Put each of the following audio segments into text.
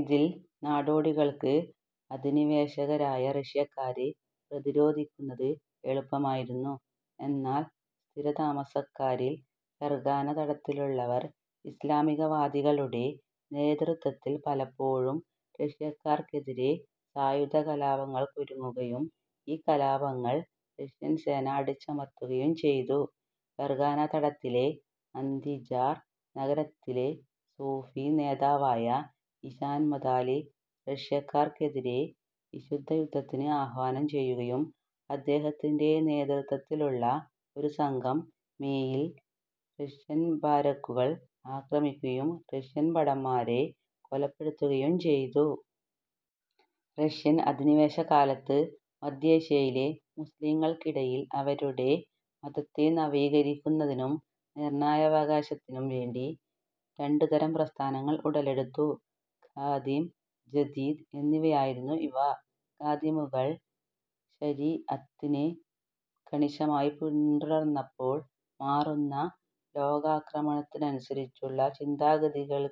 ഇതിൽ നാടോടികൾക്ക് അധിനിവേശകരായ റഷ്യക്കാരെ പ്രതിരോധിക്കുന്നത് എളുപ്പമായിരുന്നു. എന്നാൽ സ്ഥിരതാമസക്കാരിൽ ഫെർഗാന തടത്തിലുള്ളവർ ഇസ്ലാമികവാദികളുടെ നേതൃത്വത്തിൽ പലപ്പോഴും റഷ്യക്കാർക്കെതിരെ സായുധകലാപങ്ങൾക്കൊരുങ്ങുകയും ഈ കലാപങ്ങൾ റഷ്യൻ സേന അടിച്ചമർത്തുകയും ചെയ്തു. ഫെർഗാന തടത്തിലെ അന്ദിജാൻ നഗരത്തിലെ സൂഫി നേതാവായ ഇശാൻ മദാലി റഷ്യക്കാർക്കെതിരെ വിശുദ്ധയുദ്ധത്തിന് ആഹ്വാനം ചെയ്യുകയും അദ്ദേഹത്തിന്റെ നേതൃത്വത്തിലുള്ള ഒരു സംഘം മേയിൽ റഷ്യൻ ബാരക്കുകൾ ആക്രമിക്കുകയും റഷ്യൻ ഭടന്മാരെ കൊലപ്പെടുത്തുകയും ചെയ്തു. റഷ്യൻ അധിനിവേശകാലത്ത് മദ്ധ്യേഷ്യയിലെ മുസ്ലീങ്ങൾക്കിടയിൽ അവരുടെ മതത്തെ നവീകരിക്കുന്നതിനും നിർണയാവകാശത്തിനും വേണ്ടി രണ്ടുതരം പ്രസ്ഥാനങ്ങൾ ഉടലെടുത്തു. ഖാദിം, ജദീദ് എന്നിവയായിരുന്നു ഇവ. ഖാദിമുകൾ ശരി അത്തിനെ കണിശമായി പിന്തുടർന്നപ്പോൾ മാറുന്ന ലോകക്രമത്തിനുസരിച്ചുള്ള ചിന്താഗതികൾ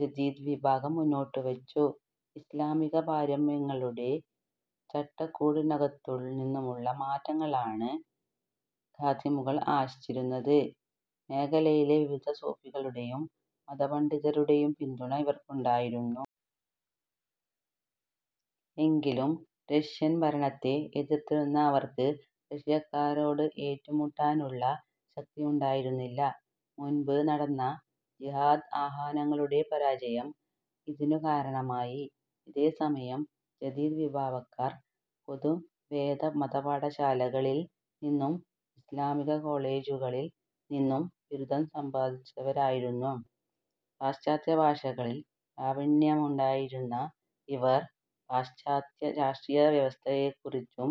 ജദീദ് വിഭാഗം മുന്നോട്ടുവച്ചു. ഇസ്ലാമികപാരമര്യങ്ങളുടെ ചട്ടക്കൂടിനകത്തുനിന്നുള്ള മാറ്റമാണ് ഖാദിമുകൾ ആശിച്ചിരുന്നത്. മേഖലയിലെ വിവിധ സൂഫികളുടേയും മതപണ്ഡിതരുടേയും പിന്തുണ ഇവർക്കുണ്ടായിരുന്നു. എങ്കിലും റഷ്യൻ ഭരണത്തെ എതിർത്തിരുന്ന അവർക്ക് റഷ്യക്കാരോട് ഏറ്റുമുട്ടാനുള്ള ശക്തിയുണ്ടായിരുന്നില്ല. മുൻപ് നടന്ന ജിഹാദ് ആഹ്വാനങ്ങളുടെ പരാജയം ഇതിനു കാരണമായി. ഇതേ സമയം ജദീദ് വിഭാഗക്കാർ പൊതുവേമതപാഠശാലകളിൽ നിന്നും ഇസ്ലാമികകോളേജുകളിൽ നിന്നും ബിരുദം സമ്പാദിച്ചവരായിരുന്നു. പാശ്ചാത്യഭാഷകളിൽ പ്രാവിണ്യമുണ്ടായിരുന്ന ഇവർ, പാശാത്യരാഷ്ട്രീയവ്യവസ്ഥിയെക്കുറിച്ചും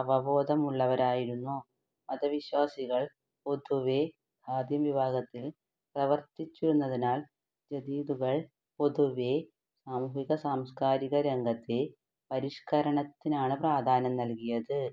അവബോധമുള്ളവരായിരുന്നു. മതവിശ്വാസികൾ പൊതുവേ ഖാദിം വിഭാഗത്തിൽ പ്രവർത്തിച്ചിരുന്നതിനാൽ ജദീദുകൾ പൊതുവേസാമൂഹിക-സാംസ്കാരികരംഗത്തെ പരിഷ്കരണത്തിനാണ് പ്രാധാന്യം നൽകിയത്.